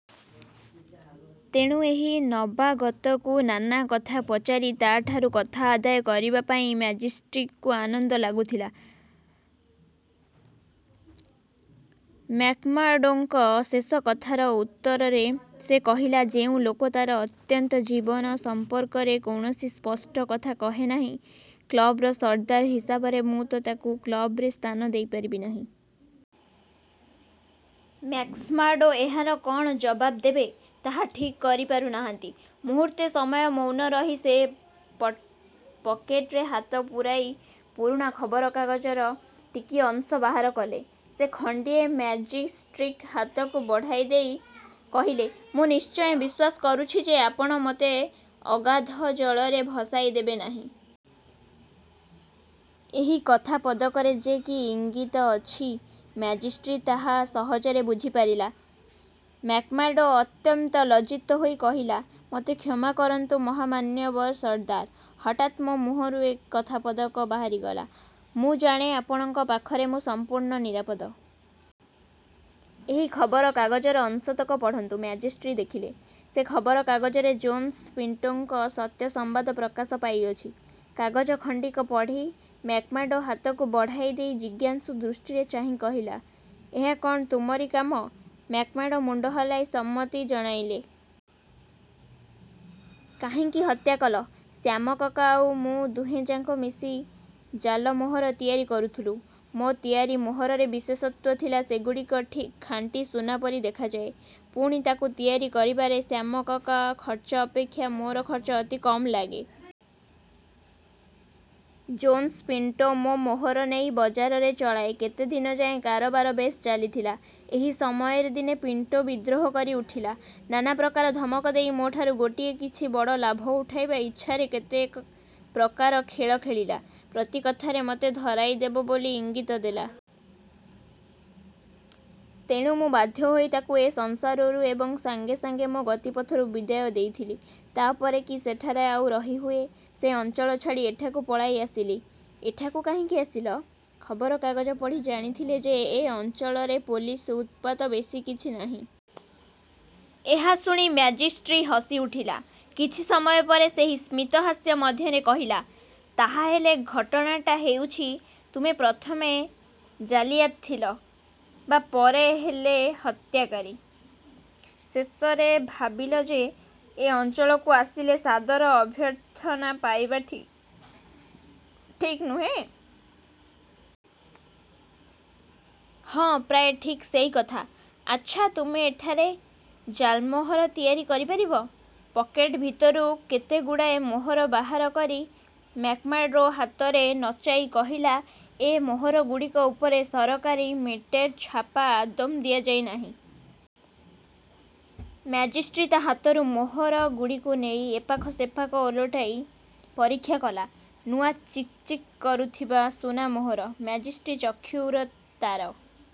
ତେଣୁ ଏହି ନବାଗତକୁ ନାନା କଥା ପଚାରି ତାଠାରୁ କଥା ଆଦାୟ କରିବା ପାଇଁ ମ୍ୟାକ୍ଜିଣ୍ଟିକୁ ଆନନ୍ଦ ଲାଗୁଥିଲା। ମ୍ୟାକ୍ମାର୍ଡ଼ୋଙ୍କ ଶେଷ କଥାର ଉତ୍ତରରେ ସେ କହିଲା, ''ଯେଉଁ ଲୋକ ତାର ଅତୀତ ଜୀବନ ସମ୍ପର୍କରେ କୌଣସି ସ୍ପଷ୍ଟ କଥା କହେ ନାହିଁ, କ୍ଳବର ସର୍ଦ୍ଦାର ହିସାବରେ ମୁଁ ତ ତାକୁ କ୍ଳବରେ ସ୍ଥାନ ଦେଇପାରିବି ନାହିଁ। '' ମ୍ୟାକ୍ମାର୍ଡ଼ୋ ଏହାର କଅଣ ଜବାବ ଦେବେ, ତାହା ଠିକ୍ କରିପାରୁ ନାହାନ୍ତି। ମୁହୂର୍ତ୍ତେ ସମୟ ମୌନ ରହି ସେ ପକେଟରେ ହାତ ପୂରାଇ ପୁରୁଣା ଖବରକାଗଜର ଟିକିଏ ଅଂଶ ବାହାର କଲେ। ସେ ଖଣ୍ଡିକ ମ୍ୟାକ୍ଜିଣ୍ଟି ହାତକୁ ବଢ଼ାଇଦେଇ କହିଲେ, ''ମୁଁ ନିଶ୍ଚୟ ବିଶ୍ୱାସ କରୁଛି ଯେ, ଆପଣ ମୋତେ ଅଗାଧ ଜଳରେ ଭସାଇଦେବେ ନାହିଁ। '' ଏହି କଥାପଦକରେ ଯେ କି ଇଙ୍ଗିତ ଅଛି, ମ୍ୟାକ୍ଜିଣ୍ଟି ତାହା ସହଜରେ ବୁଝିପାରିଲା। '' ମ୍ୟାକ୍ମାର୍ଡ଼ୋ ଅତ୍ୟନ୍ତ ଲଜ୍ଜିତ ହୋଇ କହିଲା, ''ମୋତେ କ୍ଷମା କରନ୍ତୁ ମହାମାନ୍ୟବର ସର୍ଦ୍ଦାର! ହଠାତ୍ ମୋ ମୁହଁରୁ ଏ କଥାପଦକ ବାହାରିଗଲା। ମୁଁ ଜାଣେ, ଆପଣଙ୍କ ପାଖରେ ମୁଁ ସମ୍ପୂର୍ଣ୍ଣ ନିରାପଦ। ଏହି ଖବରକାଗଜର ଅଂଶତକ ପଢ଼ନ୍ତୁ। '' ମ୍ୟାକ୍ଜିଣ୍ଟି ଦେଖିଲା, ସେ ଖବରକାଗଜରେ ଜୋନ୍ସ ପିଣ୍ଟୋଙ୍କ ସତ୍ୟା ସମ୍ବାଦ ପ୍ରକାଶପାଇଅଛି। କାଗଜ ଖଣ୍ଡିକ ପଢ଼ି ମ୍ୟାକ୍ମାର୍ଡ଼ୋ ହାତକୁ ବଢ଼ାଇଦେଇ ଜିଜ୍ଞାସୁ ଦୃଷ୍ଟିରେ ଚାହିଁ କହିଲା–''ଏହା କଅଣ ତୁମରି କାମ? '' ମ୍ୟାକ୍ମାର୍ଡ଼ୋ ମୁଣ୍ଡ ହଲାଇ ସମ୍ମତି ଜଣାଇଲେ। ''କାହିଁକି ହତ୍ୟା କଲ? '' ''ଶ୍ୟାମ କକା ଆଉ ମୁଁ–ଦୁହେଁଯାକ ମିଶି ଜାଲମୋହର ତିଆରି କରୁଥିଲୁ। ମୋ ତିଆରି ମୋହରର ବିଶେଷତ୍ୱ ଥିଲା, ସେଗୁଡ଼ିକ ଠିକ୍ ଖାଣ୍ଟି ସୁନା ପରି ଦେଖାଯାଏ। ପୁଣି ତାକୁ ତିଆରି କରିବାରେ ଶ୍ୟାମ କକା ଖର୍ଚ୍ଚ ଅପେକ୍ଷା ମୋର ଖର୍ଚ୍ଚ ଅତି କମ୍ ଲାଗେ। ଜୋନ୍ସ ପିଣ୍ଟୋ ମୋ ମୋହର ନେଇ ବଜାରରେ ଚଳାଏ। କେତେଦିନ ଯାଏ କାରବାର ବେଶ୍ ଚାଲିଥିଲା। ଏହି ସମୟରେ ଦିନେ ପିଣ୍ଟୋ ବିଦ୍ରୋହ କରିଉଠିଲା। ନାନାପ୍ରକାର ଧମକ ଦେଇ ମୋଠାରୁ ଗୋଟାଏ କିଛି ବଡ଼ ଲାଭ ଉଠାଇବା ଇଚ୍ଛାରେ କେତେ ପ୍ରକାର ଖେଳ ଖେଳିଲା। ପ୍ରତି କଥାରେ ମୋତେ ଧରାଇଦେବ ବୋଲି ଇଙ୍ଗିତ ଦେଲା। ତେଣୁ ମୁଁ ବାଧ୍ୟହୋଇ ତାକୁ ଏ ସଂସାରରୁ ଏବଂ ସାଙ୍ଗେସାଙ୍ଗେ ମୋ ଗତିପଥରୁ ବିଦାୟ ଦେଇଥିଲି। ତା ପରେ କି ସେଠାରେ ଆଉ ରହି ହୁଏ! ସେ ଅଞ୍ଚଳ ଛାଡ଼ି ଏଠାକୁ ପଳାଇଆସିଲି। '' ''ଏଠାକୁ କାହିଁକି ଆସିଲ? '' ''ଖବରକାଗଜ ପଢ଼ି ଜାଣିଥିଲି ଯେ, ଏ ଅଞ୍ଚଳରେ ପୋଲିସ ଉତ୍ପାତ ବେଶି କିଛି ନାହିଁ-। ଏହା ଶୁଣି ମ୍ୟାକ୍ଜିଣ୍ଟି ହସିଉଠିଲା। କିଛି ସମୟ ପରେ ସେହି ସ୍ମିତହାସ୍ୟ ମଧ୍ୟରେ କହିଲା, ''ତାହା ହେଲେ ଘଟଣାଟା ହେଉଛି, ତୁମେ ପ୍ରଥମେ ଜାଲିୟାତ୍ ଥିଲ, ବା ପରେ ହେଲ ହତ୍ୟାକାରୀ। ଶେଷରେ ଭାବିଲ ଯେ, ଏ ଅଞ୍ଚଳକୁ ଆସିଲେ ସାଦର ଅଭ୍ୟର୍ଥନା ପାଇବ। ଠିକ୍ ନୁହେଁ? '' ''ହଁ, ପ୍ରାୟ ଠିକ୍ ସେଇ କଥା। '' ''ଆଚ୍ଛା, ତୁମେ ଏଠାରେ ଜାଲ୍ମୋହର ତିଆରି କରିପାରିବ? '' ପକେଟ ଭିତରୁ କେତେଗୁଡ଼ିଏ ମୋହର ବାହାର କରି ମ୍ୟାକ୍ମାର୍ଡ଼ୋ ହାତରେ ନଚାଇ କହିଲା, ''ଏ ମୋହରଗୁଡ଼ିକ ଉପରେ ସରକାରୀ ମିଣ୍ଟେର ଛାପା ଆଦୌ ଦିଆଯାଇ ନାହିଁ। '' ମ୍ୟାକ୍ଜିଣ୍ଟି ତା ହାତରୁ ମୋହରଗୁଡ଼ିକ ନେଇ ଏପାଖ ସେପାଖ ଓଲଟାଇ ପରୀକ୍ଷା କଲା। ନୂଆ ଚିକ୍ଚିକ୍ କରୁଥିବା ସୁନାମୋହର। ମ୍ୟାକ୍ଜିଣ୍ଟି ଚକ୍ଷୁର ତାରା